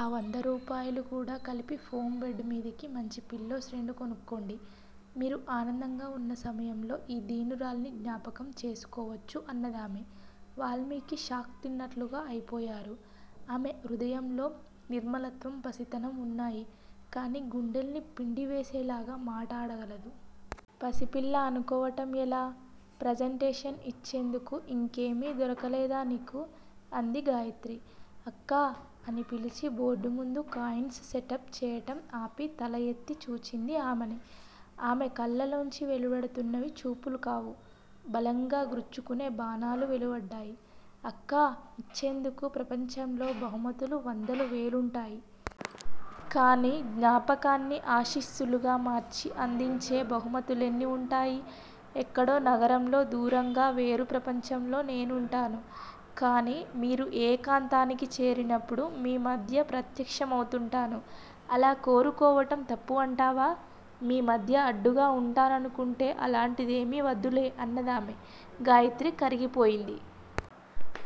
ఆ వంద రూపాయలు కూడ కలిపి ఫోం బెడ్ మీదికి మంచి పిల్లోస్ రెండు కొనుక్కోండి. మీరు ఆనందంగా ఉన్న సమయంలో ఈ దీనురాల్ని జ్ఞాపకం చేసుకోవచ్చు అన్నదామె. వాల్మీకి షాక్ తిన్నట్లుగా అయిపోయారు. ఆమె హృదయంలో నిర్మలత్వం పసితనం ఉన్నాయి. కాని గుండెల్ని పిండివేసేలాగ మాటాడగలదు. పసిపిల్ల అనుకోవటం ఎలా? ప్రజంటేషన్ యిచ్చేందుకు యింకేమీ దొరకలేదా నీకు? అంది గాయత్రి. అక్కా! అని పిలిచి బోర్డుముందు కాయిన్స్ సెటప్ చేయటం ఆపి తలఎత్తి చూచింది ఆమని. ఆమె కళ్ళలోంచి వెలువడుతున్నవి చూపులు కావు. బలంగా గ్రుచ్చుకునే బాణాలు వెలువడ్డాయి. అక్కా! ఇచ్చేందుకు ప్రపంచంలో బహుమతులు వందలు వేలుంటాయి. కాని జ్ఞాపకాన్ని ఆశీస్సులుగా మార్చి అందించే బహుమతులెన్ని ఉంటాయి. ఎక్కడో నగరంలో దూరంగా వేరు ప్రపంచంలో నేనుంటాను. కాని మీరు ఏకాంతానికి చేరినప్పుడు మీ మధ్య ప్రత్యక్షమవుతుంటాను. అలా కోరుకోవటం తప్పు అంటావా? మీ మధ్య అడ్డుగా ఉంటాననుకుంటే అలాంటిదేమీ వద్దులే అన్నదామె. గాయత్రి కరిగిపోయింది.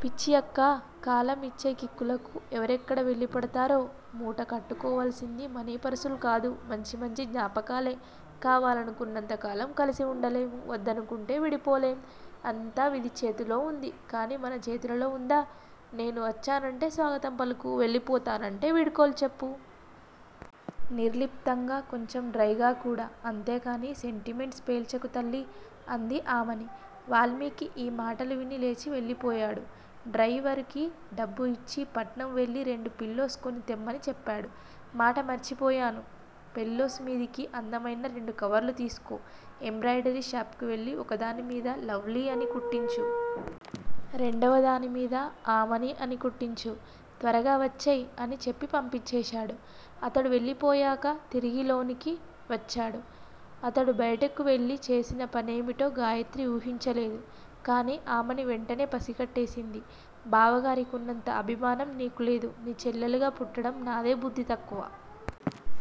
పిచ్చి అక్కా! కాలం యిచ్చే కిక్కులకు ఎవరెక్కడ వెళ్ళిపడతారో మూట కట్టుకోవల్సింది మనీపర్సులు కాదు. మంచి మంచి జ్ఞాపకాలే! కావాలనుకున్నంత కాలం కలిసి ఉండలేము. వద్దనుకుంటే విడిపోలేం! అంతా విధి చేతిలో ఉంది కాని మన చేతులలో ఉందా? నేను వచ్చానంటే స్వాగతం పలుకు. వెళ్ళిపోతానంటే వీడ్కోలు చెప్పు. నిర్లిప్తంగా! కొంచెం డ్రైగా కూడా! అంతేకాని సెంటిమెంట్స్ ప్రేల్చకు తల్లీ! అంది ఆమని. వాల్మీకి ఈ మాటలు విని లేచి వెళ్ళిపోయాడు. డ్రయివర్ కి డబ్బు యిచ్చి పట్నం వెళ్ళి రెండు పిల్లోస్ కొని తెమ్మని చెప్పాడు. మాట మర్చిపోయాను! పిల్లోస్ మీదికి అందమయిన రెండు కవర్లు తీసుకో, ఎంబ్రాయిడరీ షాపుకు వెళ్ళి, ఒకదాని మీద లవ్లీ అని కుట్టించు. రెండవదాని మీద ఆమని అని కుట్టించు! త్వరగా వచ్చెయ్ అని చెప్పి పంపించేశాడు. అతడు వెళ్ళిపోయాక తిరిగి లోనికి వచ్చాడు. అతడు బయటకు వెళ్ళి చేసిన పనేమిటో గాయత్రి ఉహించలేదు. కాని ఆమని వెంటనే పసికట్టేసింది. బావగారికున్నంత అభిమానం నీకు లేదు. నీ చెల్లెలుగా పుట్టడం నాదే బుద్ధి తక్కువ.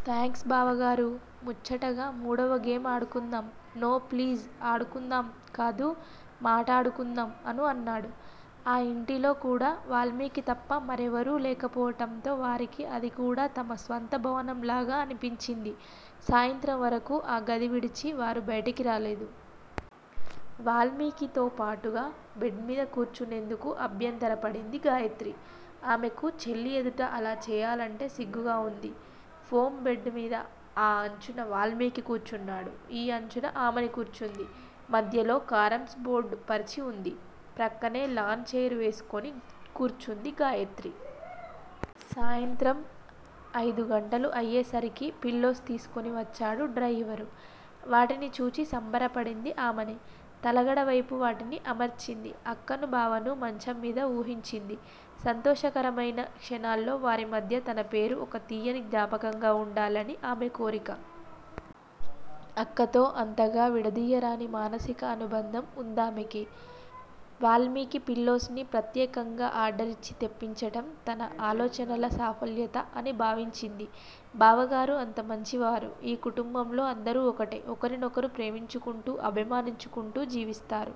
థాంక్స్ బావగారు! ముచ్చటగా మూడవ గేమ్ ఆడుకుందాం. నో ప్లీజ్ ఆడుకుందాం కాదు. మాటాడుకుందాం అను అన్నాడు. ఆ ఇంటిలో కూడ వాల్మీకి తప్ప మరెవరూ లేకపోవటంతో వారికి అది కూడ తమ స్వంత భవనంలాగా అనిపించింది. సాయంత్రం వరకూ ఆ గది విడిచి వారు బయటకు రాలేదు. వాల్మీకితో పాటుగా బెడ్ మీద కూర్చునేందుకు అభ్యంతరపడింది గాయత్రి! ఆమెకు చెల్లి ఎదుట అలా చేయాలంటే సిగ్గుగా ఉంది. ఫోం బెడ్ మీద ఆ అంచున వాల్మీకి కూర్చున్నాడు. ఈ అంచున ఆమని కూర్చుంది, మధ్యలో కారమ్స్ బోర్డు పరచి ఉంది. ప్రక్కనే లాన్ చెయిర్ వేసుకుని కూర్చుంది గాయత్రి. సాయంత్రం అయిదు గంటలు అయ్యేసరికి పిల్లోస్ తీసుకుని వచ్చాడు డ్రయివర్. వాటిని చూచి సంబర పడింది ఆమని. తలగడ వైపు వాటిని అమర్చింది. అక్కను, బావను మంచం మీద ఊహించింది. సంతోషకరమయిన క్షణాల్లో వారి మధ్య తన పేరు ఒక తీయని జ్ఞాపకంగా వుండాలని ఆమె కోరిక. అక్కతో అంతగా విడదీయరాని మానసిక అనుబంధం వుందామెకు. వాల్మీకి పిల్లోస్ ని ప్రత్యేకంగా ఆర్డరిచ్చి తెప్పించటం తన ఆలోచనల సాఫల్యత అని భావించింది. బావగారు అంత మంచివారు. ఈ కుటుంబంలో అందరూ ఒకటే. ఒకరినొకరు ప్రేమించుకుంటూ అభిమానించుకుంటూ జీవిస్తారు.